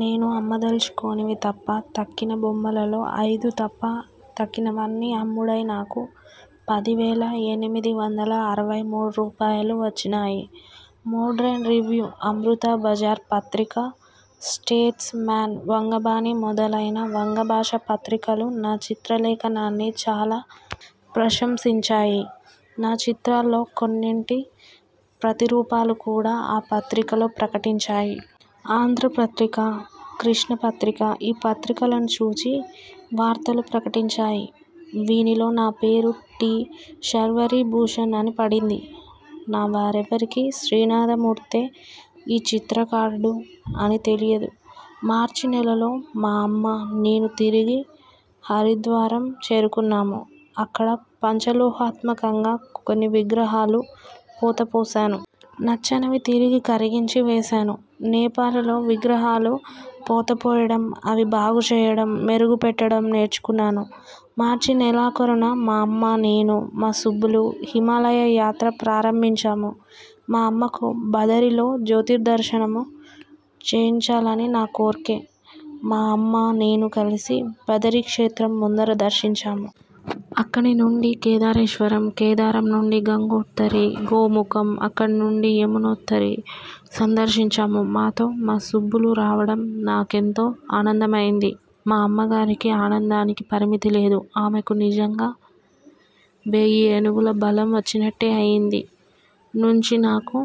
నేను అమ్మదలచుకోనివి తప్ప తక్కిన బొమ్మలలో అయిదు తప్ప తక్కినవన్నీ అమ్ముడై నాకు పదివేల ఎనిమిది వందల అరవై మూడు రూపాయలు వచ్చినాయి. మోడరిన్ రివ్యూ, అమృతబజారు పత్రిక, స్టేట్సు మన్, వంగబాణి మొదలైన వంగ భాషా పత్రికలు నా చిత్రలేఖనాన్ని చాలా ప్రశంసించాయి. నా చిత్రాలలో కొన్నిటి ప్రతిరూపాలు కూడా ఆ పత్రికలో ప్రకటించాయి. ఆంధ్రపత్రిక, కృష్ణాపత్రిక, ఈ పత్రికలను చూచి వార్తలు ప్రకటించాయి. వీనిలో నా పేరు టి. శర్వరీభూషణ్ అని పడింది. నా వారెవ్వరికీ శ్రీనాథమూర్తే ఈ చిత్రకారుడు అని తెలియదు. మార్చినెలలో మా అమ్మా, నేనూ తిరిగి హరిద్వారం చేరుకున్నాము. అక్కడ పంచలోహాత్మకంగా కొన్ని విగ్రహాలు పోతపోశాను. నచ్చనివి తిరిగి కరిగించి వేశాను. నేపాలులో విగ్రహాలు పోతపోయడం, అవి బాగుచెయ్యడం, మెరుగు పెట్టడం నేర్చుకున్నాను. మార్చి నెలాఖరున మా అమ్మా, నేనూ, మా సుబ్బులు హిమాలయ యాత్ర ప్రారంభించాము. మా అమ్మకు బదరిలో జ్యోతిర్దర్శనము చేయించాలని నా కోర్కె. మా అమ్మ, నేనూ కలిసి బదరీక్షేత్రం ముందర దర్శించాము. అక్కడినుండి కేదారేశ్వరం, కేదారంనుండి గంగోడ్తరి, గోముఖం, అక్కడినుండి యమునోత్తరి సందర్శించాము. మాతో మా సుబ్బులు రావడం నా కెంతో ఆనందమయింది. మా అమ్మగారి ఆనందానికి పరిమితిలేదు. ఆమెకు నిజంగా వేయి ఏనుగుల బలం వచ్చినట్లే అయింది. నుంచి నాకు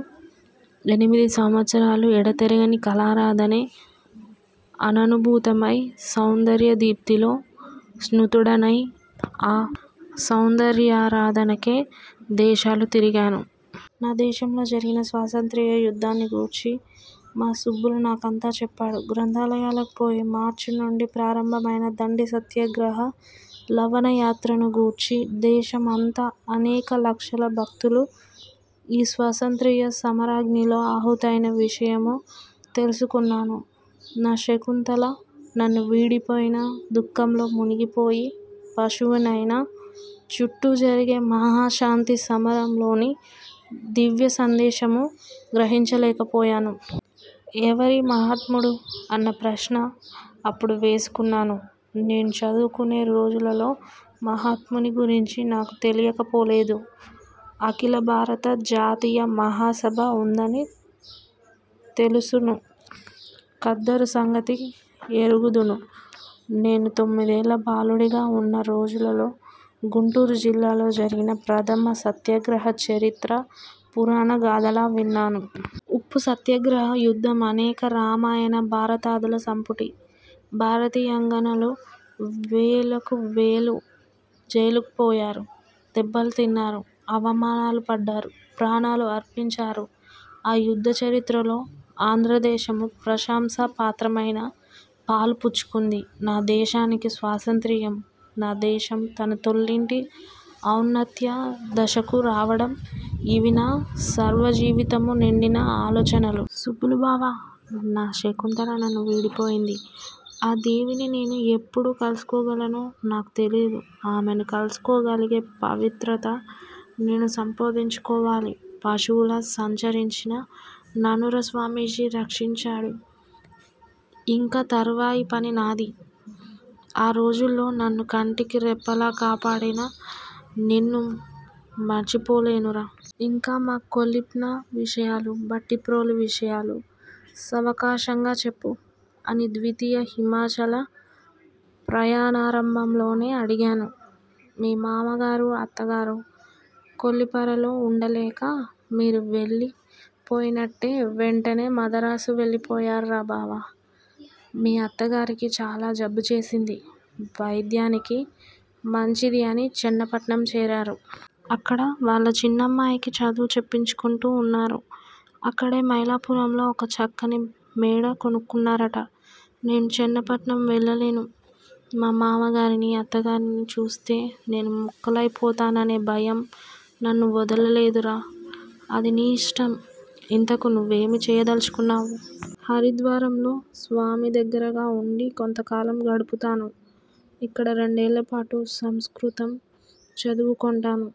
ఎనిమిది సంవత్సరాలు ఎడతెగని కళారాధనే. అననుభూతమైన సౌందర్యదీప్తిలో స్నాతుడనై ఆ సౌందర్యారాధనకే దేశాలు తిరిగాను. నా దేశంలో జరిగిన స్వాతంత్ర్య యుద్దాన్ని గూర్చి మా సుబ్బులు నాకంతా చెప్పాడు. గ్రంథాలయాలకుపోయి మార్చి నుండి ప్రారంభమైన దండి సత్యాగ్రహ లవణయాత్రనుగూర్చీ, దేశం అంతా అనేక లక్షల దేశభక్తులు ఈ స్వాతంత్ర్య సమరాగ్నిలో ఆహుతైన విషయమూ తెలుసుకొన్నాను. నా శకుంతల నన్ను విడిపోయిన దుఃఖంలో మునిగిపోయి, పశువునైనా చుట్టూ జరిగే మహాశాంతి సమరంలోని దివ్యసందేశము గ్రహించలేకపోయాను. ' ఎవ్వరీ మహాత్ముడు? ' అన్న ప్రశ్న అప్పుడు వేసుకున్నాను. నేను చదువుకునే రోజులలో మహాత్ముని గురించి నాకు తెలియకపోలేదు. అఖిలభారత జాతీయ మహాసభ ఉందనీ తెలుసును. ఖద్దరు సంగతీ ఎరుగుదును. నేను తొమ్మిదేళ్ళ బాలుడుగా ఉన్న రోజులలో గుంటూరు జిల్లాలో జరిగిన ప్రథమ సత్యాగ్రహ చరిత్ర పూరాణగాథలా విన్నాను. ఉప్పు సత్యాగ్రహ యుద్ధం అనేక రామాయణ భారతాదుల సంపుటి! భారతీయాంగనలు వేలకు వేలు జైళ్ళకుపోయారు. దెబ్బలు తిన్నారు, అవమానాలు పడ్డారు, ప్రాణాలు అర్పించారు. ఆ యుద్దచరిత్రలో ఆంధ్రదేశమూ ప్రశంసాపాత్రమైన పాలు పుచ్చుకుంది. నా దేశానికి స్వాతంత్ర్యం, నాదేశం తన తొల్లింటి ఔన్నత్యదశకు రావడం ఇవి నా సర్వజీవితమూ నిండిన ఆలోచనలు. '' సుబ్బులుబావా! నా శకుంతల నన్ను వీడిపోయింది. ఆ దేవిని నేను ఎప్పుడు కలుసుకోగాలనో నాకు తెలియదు. ఆమెను కలుసుకోగలిగే పవిత్రత నేను సంపాదించుకోవాలి. పశువులా సంచరించిన ననుర స్వామీజీ రక్షించాడు. ఇంక తరువాయి పని నాది. ఆ రోజుల్లో నన్ను కంటికి రెప్పలా కాపాడిన నిన్ను మరచిపోలేనురా! యింక మా కొల్లిప్న విషయాలు, భట్టిప్రోలు విషయాలు సావకాశంగా చెప్పు'' అని ద్వితీయ హిమాచల ప్రయాణారంభంలోనే అడిగాను. '' మీ మామగారూ, అత్తగారు కొల్లిపరలో ఉండలేక, మీరు వెళ్ళి పోయినట్లే వెంటనే మదరాసు వెళ్ళిపోయారురాబావా! మీ అత్తగారికి చాలా జబ్బు చేసింది. వైద్యానికి మంచిది అని చెన్నపట్నం చేరారు. అక్కడ వాళ్ళ చిన్నమ్మాయికి చదువు చెప్పించుకుంటూ ఉన్నారు. అక్కడే మైలాపురంలో ఒక చక్కని మేడ కొనుక్కున్నారట! '''' నేను చెన్నపట్నం వెళ్ళలేను. మా మావగారినీ, అత్తగారినీ చూస్తే నేను ముక్కలయిపోతాననే భయం నన్నువదలలేదురా! '''' అది నీ యిష్టం. ఇంతకూ నువ్వేమి చేయదలచుకున్నావు? '''' హరిద్వారంలో స్వామిదగ్గరగా ఉండి కొంతకాలం గడుపుతాను. ఇక్కడ రెండేళ్ళపాటు సంస్కృతం చదువుకొంటాను.